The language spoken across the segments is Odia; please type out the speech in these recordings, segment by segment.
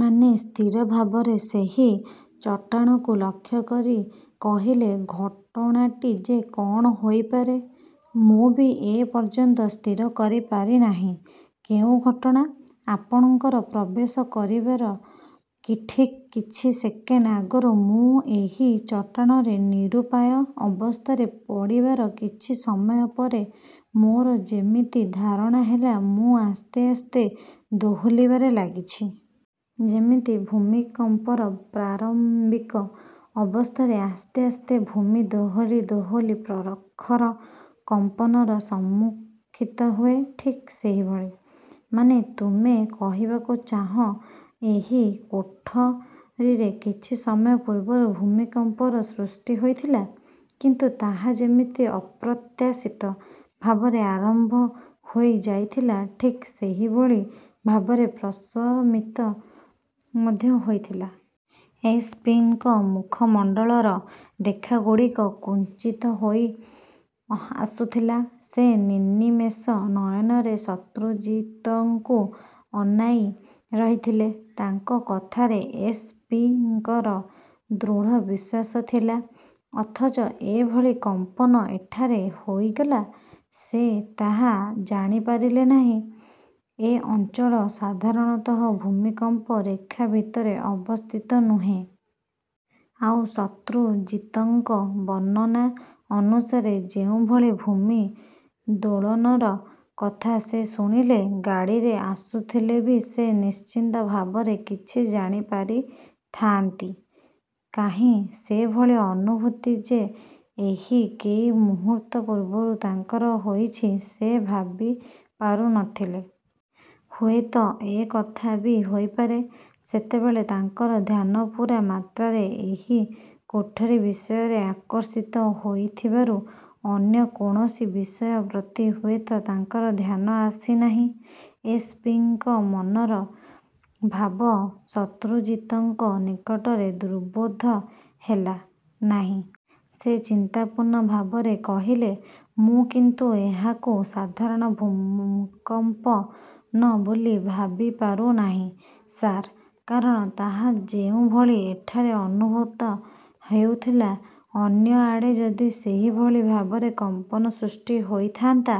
ମାନେ? ସ୍ଥିର ଭାବରେ ସେହି ଚଟାଣକୁ ଲକ୍ଷ୍ୟ କରି କହିଲେ-ଘଟଣାଟି ଯେ କଣ ହୋଇପାରେ, ମୁଁ ବି ଏ ପର୍ଯ୍ୟନ୍ତ ସ୍ଥିର କରି ପାରି ନାହିଁ। କେଉଁ ଘଟଣା? ଆପଣଙ୍କର ପ୍ରବେଶ କରିବାର ଠିକ୍ କିଛି ସେକେଣ୍ଡ ଆଗରୁ ମୁଁ ଏହି ଚଟାଣରେ ନିରୁପାୟ ଅବସ୍ଥାରେ ପଡ଼ିବାର କିଛି ସମୟ ପରେ ମୋର ଯେମିତି ଧାରଣା ହେଲା, ମୁଁ ଆସ୍ତେ ଆସ୍ତେ ଦୋହଲିବାରେ ଲାଗିଛି। ଯେମିତି ଭୂମିକମ୍ପର ପ୍ରାରମ୍ବିକ ଅବସ୍ଥାରେ ଆସ୍ତେ ଆସ୍ତେ ଭୂମି ଦୋହଲି ଦୋହଲି ପ୍ରଖର କମ୍ପନର ସମ୍ମୁଖୀନ ହୁଏ, ଠିକ୍ ସେହିଭଳି। ମାନେ ତୁମେ କହିବାକୁ ଚାହଁ, ଏହି କୋଠରିରେ କିଛି ସମୟ ପୂର୍ବରୁ ଭୂମିକମ୍ପର ସୃଷ୍ଟି ହୋଇଥିଲା? କିନ୍ତୁ ତାହା ଯେମିତି ଅପ୍ରତ୍ୟାଶିତ ଭାବରେ ଆରମ୍ବ ହୋଇ ଯାଇଥିଲା, ଠିକ୍ ସେହିଭଳି ଭାବରେ ପ୍ରଶମିତ ମଧ୍ୟ ହୋଇଥିଲା। ଏସ୍. ପି. ଙ୍କ ମୁଖମଣ୍ଡଳର ରେଖାଗୁଡ଼ିକ କୁଞ୍ଚିତ ହୋଇ ଆସୁଥିଲା। ସେ ନିର୍ନିମେଷ ନୟନରେ ଶତ୍ରୁଜିତଙ୍କୁ ଅନାଇ ରହିଥିଲେ। ତାଙ୍କ କଥାରେ ଏସ୍. ପି. ଙ୍କର ଦୃଢ଼ବିଶ୍ୱାସ ଥିଲା; ଅଥଚ ଏ ଭଳି କମ୍ପନ ଏଠାରେ ହୋଇଗଲା, ସେ ତାହା ଜାଣିପାରିଲେ ନାହିଁ। ଏ ଅଞ୍ଚଳ ସାଧାରଣତଃ ଭୂମିକମ୍ପ ରେଖା ଭିତରେ ଅବସ୍ଥିତ ନୁହେଁ। ଆଉ ଶତ୍ରୁଜିତଙ୍କ ବର୍ଣ୍ଣନା ଅନୁସାରେ ଯେଉଁଭଳି ଭୂମି ଦୋଳନର କଥା ସେ ଶୁଣିଲେ, ଗାଡ଼ିରେ ଆସୁଥିଲେ ବି ସେ ନିଶ୍ଚିତ ଭାବରେ କିଛି ଜାଣିପାରି ଥାଆନ୍ତି। କାହିଁ, ସେ ଭଳି ଅନୁଭୂତି ଯେ ଏହି କେଇ ମୁହୂର୍ତ୍ତ ପୂର୍ବରୁ ତାଙ୍କର ହୋଇଛି-ସେ ଭାବିପାରୁ ନ ଥିଲେ। ହୁଏ ତ ଏ କଥା ବି ହୋଇପାରେ, ସେତେବେଳେ ତାଙ୍କର ଧ୍ୟାନ ପୂରା ମାତ୍ରାରେ ଏହି କୋଠରି ବିଷୟରେ ଆକର୍ଷିତ ହୋଇଥିବାରୁ ଅନ୍ୟ କୌଣସି ବିଷୟ ପ୍ରତି ହୁଏତ ତାଙ୍କର ଧ୍ୟାନ ଆସି ନାହିଁ। ଏସ୍. ପି. ଙ୍କ ମନର ଭାବ ଶତ୍ରୁଜିତଙ୍କ ନିକଟରେ ଦୁର୍ବୋଧ୍ୟ ହେଲା ନାହିଁ। ସେ ଚିନ୍ତାପୂର୍ଣ୍ଣ ଭାବରେ କହିଲେ-ମୁଁ କିନ୍ତୁ ଏହାକୁ ସାଧାରଣ ଭୂକମ୍ପନ ବୋଲି ଭାବିପାରୁ ନାହିଁ ସାର୍। କାରଣ ତାହା ଯେଉଁଭଳି ଏଠାରେ ଅନୁଭୂତ ହେଉଥିଲା, ଅନ୍ୟ ଆଡ଼େ ଯଦି ସେହିଭଳି ଭାବରେ କମ୍ପନ ସୃଷ୍ଟି ହୋଇଥାଆନ୍ତା,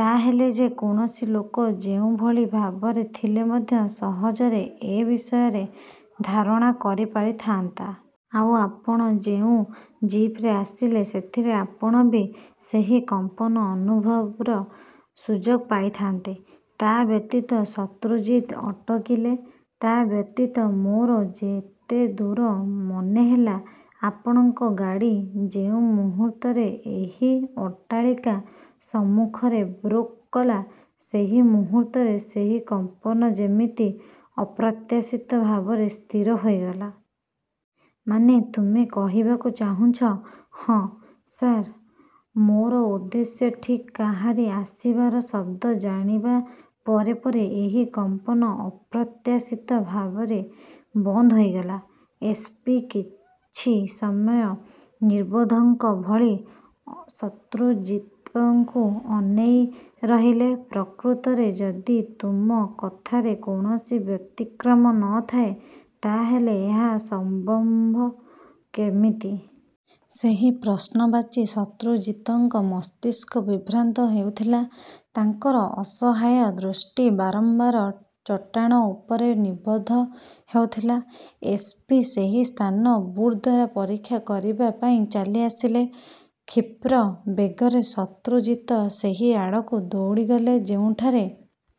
ତା ହେଲେ ଯେ କୌଣସି ଲୋକ ଯେଉଁଭଳି ଭାବରେ ଥିଲେ ମଧ୍ୟ ସହଜରେ ଏ ବିଷୟରେ ଧାରଣା କରି ପାରିଥାଆନ୍ତା। ଆଉ ଆପଣ ଯେଉଁ ଜିପରେ ଆସିଲେ, ସେଥିରେ ଆପଣ ବି ସେହି କମ୍ପନ ଅନୁଭବର ସୁଯୋଗ ପାଇଥାଆନ୍ତେ। ତା ବ୍ୟତୀତ.. ଶତ୍ରୁଜିତ ଅଟକିଲେ। ତା ବ୍ୟତୀତ ମୋର ଯେତେଦୂର ମନେହେଲା, ଆପଣଙ୍କ ଗାଡ଼ି। ଯେଉଁ ମୁହୂର୍ତ୍ତରେ ଏହି ଅଟ୍ଟାଳିକା ସମ୍ମୁଖରେ ବ୍ରୋକ୍ କଲା, ସେହି ମୁହୂର୍ତ୍ତରେ ସେହି କମ୍ପନ ଯେମିତି ଅପ୍ରତ୍ୟାଶିତ ଭାବରେ ସ୍ଥିର ହୋଇଗଲା। ମାନେ, ତୁମେ କହିବାକୁ ଚାହୁଁଛ ହଁ, ସାର; ମୋର ଉଦ୍ଦେଶ୍ୟ ଠିକ୍ କାହାରି ଆସିବାର ଶବ୍ଦ ଜାଣିବା ପରେ ପରେ ଏହି କମ୍ପନ ଅପ୍ରତ୍ୟାଶିତ ଭାବରେ ବନ୍ଦ ହୋଇଗଲା। ଏସ୍. ପି. କିଛି ସମୟ ନିର୍ବୋଧଙ୍କ ଭଳି ଶତ୍ରୁଜିତଙ୍କୁ ଅନେଇ ରହିଲେ। ପ୍ରକୃତରେ ଯଦି ତୁମ କଥାରେ କୌଣସି ବ୍ୟତିକ୍ରମ ନ ଥାଏ, ତା ହେଲେ ଏହା ସମ୍ବବ କେମିତି? ସେହି ପ୍ରଶ୍ନବାଚୀ ଶତ୍ରୁଜିତଙ୍କ ମସ୍ତିଷ୍କ ବିଭ୍ରାନ୍ତ ହେଉଥିଲା। ତାଙ୍କର ଅସହାୟ ଦୃଷ୍ଟି ବାରମ୍ବାର ଚଟାଣ ଉପରେ ନିବଦ୍ଧ ହେଉଥିଲା। ଏସ୍. ପି. ସେହି ସ୍ଥାନ ବୁଟ୍ ଦ୍ୱାରା ପରୀକ୍ଷା କରିବା ପାଇଁ ଚାଲି ଆସିଲେ। କ୍ଷିପ୍ର ବେଗରେ ଶତ୍ରୁଜିତ ସେହି ଆଡ଼କୁ ଦୌଡ଼ିଗଲେ ଯେଉଁଠାରେ